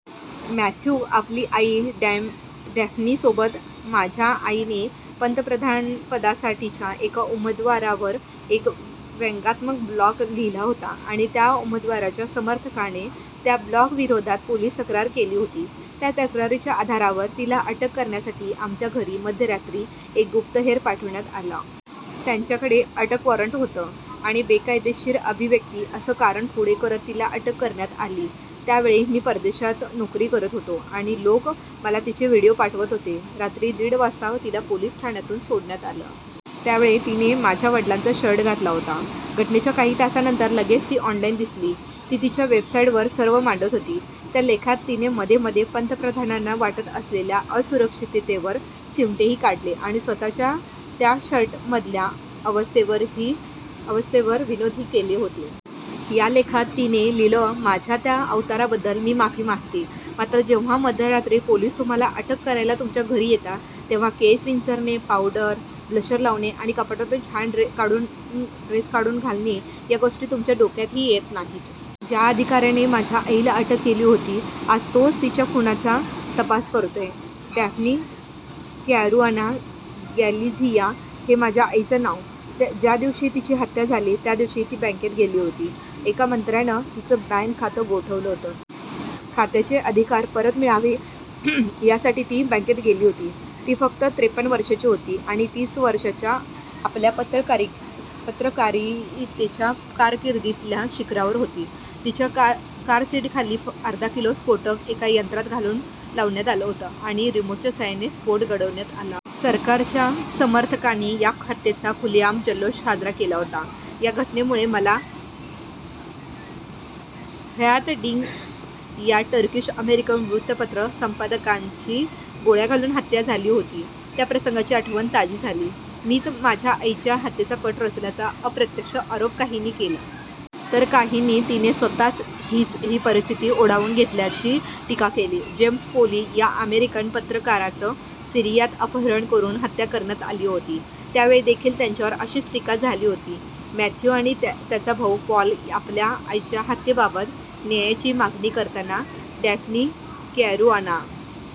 Matthew आपली आई डॅफ्नीसोबत माझ्या आईने पंतप्रधानपदासाठीच्या एका उमेदवारावर एक व्यंगात्मक ब्लॉग लिहिला होता आणि त्या उमेदवाराच्या समर्थकाने त्या ब्लॉगविरोधात पोलीस तक्रार केली होती. या तक्रारीच्या आधारावर तिला अटक करण्यासाठी आमच्या घरी मध्यरात्री एक गुप्तहेर पाठवण्यात आला. त्याच्याकडे अटक वॉरंट होतं आणि 'बेकायदेशीर अभिव्यक्ती' असं कारण पुढे करत तिला अटक करण्यात आली. त्यावेळी मी परदेशात नोकरी करत होतो आणि लोक मला तिचे व्हीडिओ पाठवत होते. रात्री दीड वाजता तिला पोलीस ठाण्यातून सोडण्यात आलं. त्यावेळी तिने माझ्या वडिलांचा शर्ट घातला होता. घटनेच्या काही तासानंतर लगेच ती ऑनलाईन दिसली. ती तिच्या वेबसाईटवर सर्व मांडत होती. त्या लेखात तिने मध्ये-मध्ये पंतप्रधानांना वाटत असलेल्या असुरक्षिततेवर चिमटेही काढले आणि स्वतःच्या त्या शर्टमधल्या अवस्थेवर विनोदही केले होते. या लेखात तिने लिहिलं माझ्या त्या अवताराबद्दल मी माफी मागते. मात्र जेव्हा मध्यरात्री पोलीस तुम्हाला अटक करायला तुमच्या घरी येतात, तेव्हा केस विंचरणे, पावडर, ब्लशर लावणे आणि कपाटातून छान ड्रेस काढून घालणे, या गोष्टी तुमच्या डोक्यातही येत नाहीत. ज्या अधिकाऱ्याने माझ्या आईला अटक केली होती आज तोच तिच्या खुनाचा तपास करतोय. डॅफ्नी कॅरुआना गॅलिझिया, हे माझ्या आईचं नाव. ज्या दिवशी तिची हत्या झाली, त्यादिवशी ती बँकेत गेली होती. एका मंत्र्याने तिचं बँक खातं गोठवलं होतं. खात्याचे अधिकार परत मिळावे यासाठी ती बँकेत गेली होती. ती फक्त त्रेपन्न वर्षांची होती आणि तीस वर्षांच्या आपल्या पत्रकारितेच्या कारकिर्दीतल्या शिखरावर होती. तिच्या कार सीटखाली अर्धा किलो स्फोटकं एका यंत्रात घालून लावण्यात आली होती आणि रिमोटच्या साहाय्याने स्फोट घडवण्यात आला. सरकारच्या समर्थकांनी या हत्येचा खुलेआम जल्लोष साजरा केला होता. या घटनेमुळे मला, 'ह्रांत डिंक' या टर्किश-अमेरिकन वृत्तपत्र संपादकाची गोळ्या घालून हत्या झाली होती, त्या प्रसंगाची आठवण ताजी झाली. मीच माझ्या आईच्या हत्येचा कट रचल्याचा अप्रत्यक्ष आरोप काहींनी केला. तर काहींनी तिने स्वतःच ही परिस्थिती ओढावून घेतल्याची टीका केली. जेम्स फोली या अमेरिकन पत्रकाराचं सीरियात अपहरण करून हत्या करण्यात आली होती. त्यावेळीदेखील त्यांच्यावर अशीच टीका झाली होती. मॅथ्यू आणि त्याचा भाऊ पॉल आपल्या आईच्या हत्येबाबत न्यायाची मागणी करताना. Daphne Caruana